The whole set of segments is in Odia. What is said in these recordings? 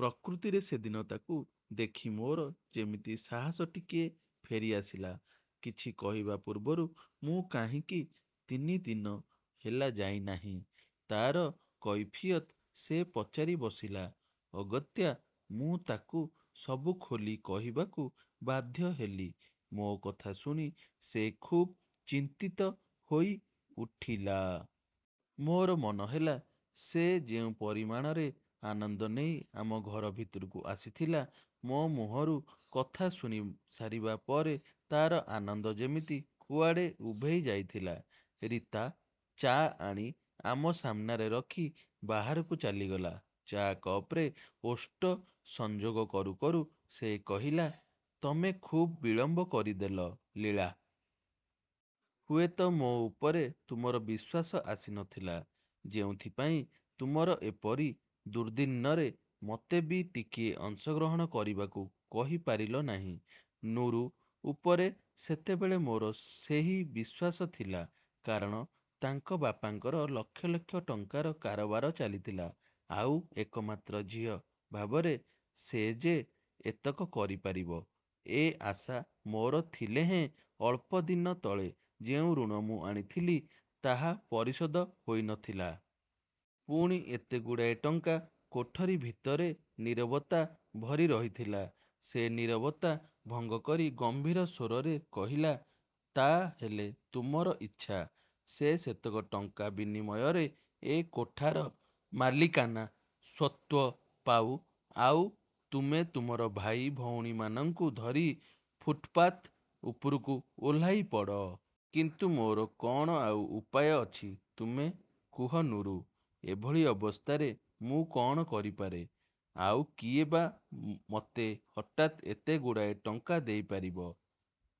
ପ୍ରକୃତରେ ସେଦିନ ତାକୁ ଦେଖି ମୋର ଯେମିତି ସାହସ ଟିକିଏ ଫେରିଆସିଲା। କିଛି କହିବା ପୂର୍ବରୁ ମୁଁ କାହିଁକି ତିନି ଦିନ ହେଲା ଯାଇନାହିଁ, ତାର କୈଫିୟତ ସେ ପଚାରି ବସିଲା। ଅଗତ୍ୟା ମୁଁ ତାକୁ ସବୁ ଖୋଲି କହିବାକୁ ବାଧ୍ୟ ହେଲି। ମୋ କଥା ଶୁଣି ସେ ଖୁବ୍ ଚିନ୍ତିତ ହୋଇଉଠିଲା। ମୋର ମନେହେଲା, ସେ ଯେଉଁ ପରିମାଣରେ ଆନନ୍ଦ ନେଇ ଆମ ଘର ଭିତରକୁ ଆସିଥିଲା, ମୋ ମୁହଁରୁ କଥା ଶୁଣିସାରିବା ପରେ ତାର ଆନନ୍ଦ ଯେମିତି କୁଆଡ଼େ ଉଭେଇ ଯାଇଥିଲା। ରୀତା ଚା' ଆଣି ଆମ ସାମନାରେ ରଖି ବାହାରକୁ ଚାଲିଗଲା। ଚା' କପରେ ଓଷ୍ଠ ସଂଯୋଗ କରୁ କରୁ ସେ କହିଲା, ତମେ ଖୁବ୍ ବିଳମ୍ବ କରିଦେଲ, ଲୀଳା। ହୁଏତ ମୋ ଉପରେ ତୁମର ବିଶ୍ୱାସ ଆସିନଥିଲା। ଯେଉଁଥିପାଇଁ ତୁମର ଏପରି ଦୁର୍ଦ୍ଦିନରେ ମୋତେ ବି ଟିକିଏ ଅଂଶଗ୍ରହଣ କରିବାକୁ କହିପାରିଲ ନାହିଁ। ନୁରୁ ଉପରେ ସେତେବେଳେ ମୋର ସେହି ବିଶ୍ୱାସ ଥିଲା। କାରଣ ତାଙ୍କ ବାପାଙ୍କର ଲକ୍ଷ ଲକ୍ଷ ଟଙ୍କାର କାରବାର ଚାଲିଥିଲା, ଆଉ ଏକମାତ୍ର ଝିଅ ଭାବରେ ସେ ଯେ ଏତକ କରିପାରିବ, ଏ ଆଶା ମୋର ଥିଲେ ହେଁ ଅଳ୍ପଦିନ ତଳେ ଯେଉଁ ଋଣ ମୁଁ ଆଣିଥିଲି, ତାହା ପରିଶୋଧ ହୋଇନଥିଲା। ପୁଣି ଏତେଗୁଡ଼ାଏ ଟଙ୍କା... କୋଠରି ଭିତରେ ନୀରବତା ଭରି ରହିଥିଲା। ସେ ନୀରବତା ଭଙ୍ଗ କରି ଗମ୍ଭୀର ସ୍ୱରରେ କହିଲା, ତା ହେଲେ ତୁମର ଇଚ୍ଛା, ସେ ସେତକ ଟଙ୍କା ବିନିମୟରେ ଏ କୋଠାର ମାଲିକାନା ସ୍ୱତ୍ୱ ପାଉ, ଆଉ ତୁମେ ତୁମର ଭାଇ ଭଉଣୀମାନଙ୍କୁ ଧରି ଫୁଟପାଥ୍ ଉପରକୁ ଓହ୍ଲାଇପଡ଼? କିନ୍ତୁ ମୋର କଣ ଆଉ ଉପାୟ ଅଛି ତୁମେ କୁହ ନୁରୁ! ଏଭଳି ଅବସ୍ଥାରେ ମୁଁ କଣ କରିପାରେ? ଆଉ କିଏ ବା ମୋତେ ହଠାତ୍ ଏତେଗୁଡ଼ାଏ ଟଙ୍କା ଦେଇପାରିବ?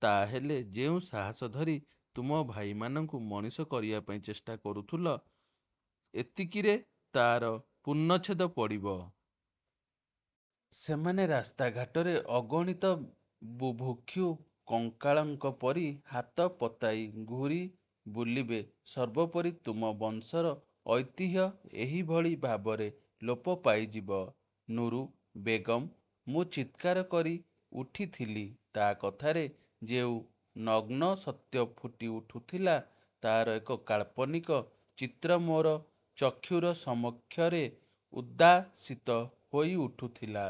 ତା ହେଲେ ଯେଉଁ ସାହସ ଧରି ତୁମ ଭାଇମାନଙ୍କୁ ମଣିଷ କରିବା ପାଇଁ ଚେଷ୍ଟା କରୁଥିଲ, ଏତିକିରେ ତାର ପୂର୍ଣ୍ଣଚ୍ଛେଦ ପଡ଼ିବ? ସେମାନେ ରାସ୍ତା ଘାଟରେ, ଅଗଣିତ ବୁଭୁକ୍ଷୁ କଙ୍ଗାଳଙ୍କ ପରି ହାତ ପତାଇ ଘୂରି ବୁଲିବେ ସର୍ବୋପରି ତୁମ ବଂଶର ଐତିହ୍ୟ ଏହିଭଳି ଭାବରେ ଲୋପ ପାଇଯିବ? ନୁରୁ ବେଗମ୍! ମୁଁ ଚିତ୍କାର କରିଉଠିଥିଲି। ତା କଥାରେ ଯେଉଁ ନଗ୍ନସତ୍ୟ ଫୁଟିଉଠୁଥିଲା, ତାର ଏକ କାଳ୍ପନିକ ଚିତ୍ର ମୋର ଚକ୍ଷୁର ସମକ୍ଷରେ ଉଦ୍ଭାସିତ ହୋଇଉଠୁଥିଲା।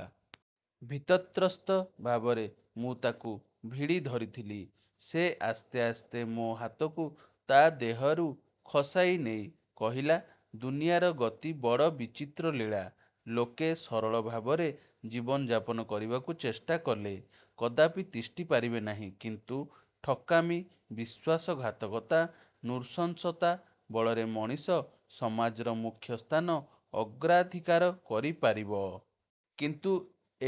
ଭୀତତ୍ରସ୍ତ ଭାବରେ ମୁଁ ତାକୁ ଭିଡ଼ିଧରିଥିଲି। ସେ ଆସ୍ତେ ଆସ୍ତେ ମୋ ହାତକୁ ତା ଦେହରୁ ଖସାଇ ନେଇ କହିଲା, ଦୁନିଆର ଗତି ବଡ଼ ବିଚିତ୍ର, ଲୀଳା। ଲୋକେ ସରଳ ଭାବରେ ଜୀବନ ଯାପନ କରିବାକୁ ଚେଷ୍ଟା କଲେ, କଦାପି ତିଷ୍ଠି ପାରିବେ ନାହିଁ। କିନ୍ତୁ ଠକାମୀ, ବିଶ୍ୱାସଘାତକତା, ନୃଶଂସତା ବଳରେ ମଣିଷ ସମାଜର ମୁଖ୍ୟସ୍ଥାନ ଅଗ୍ରାଧିକାର କରିପାରିବ। କିନ୍ତୁ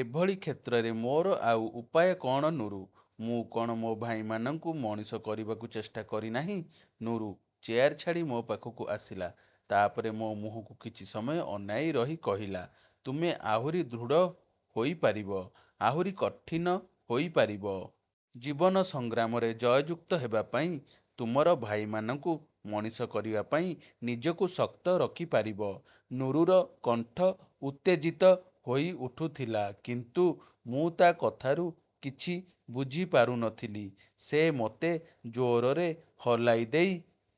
ଏଭଳି କ୍ଷେତ୍ରରେ ମୋର ଆଉ ଉପାୟ କଣ, ନୁରୁ? ମୁଁ କଣ ମୋ ଭାଇମାନଙ୍କୁ ମଣିଷ କରିବାକୁ ଚେଷ୍ଟା କରିନାହିଁ? ନୁରୁ ଚେୟାର ଛାଡ଼ି ମୋ ପାଖକୁ ଆସିଲା। ତା ପରେ ମୋ ମୁହଁକୁ କିଛି ସମୟ ଅନାଇ ରହି କହିଲା, ତୁମେ ଆହୁରି ଦୃଢ଼ ହୋଇପାରିବ, ଆହୁରି କଠିନ ହୋଇପାରିବ? ଜୀବନ ସଂଗ୍ରାମରେ ଜୟଯୁକ୍ତ ହେବା ପାଇଁ, ତୁମର ଭାଇମାନଙ୍କୁ ମଣିଷ କରିବା ପାଇଁ ନିଜକୁ ଶକ୍ତ ରଖିପାରିବ? ନୁରୁର କଣ୍ଠ ଉତ୍ତେଜିତ ହୋଇଉଠୁଥିଲା। କିନ୍ତୁ ମୁଁ ତା କଥାରୁ କିଛି ବୁଝିପାରୁନଥିଲି। ସେ ମୋତେ ଜୋରରେ ହଲାଇ ଦେଇ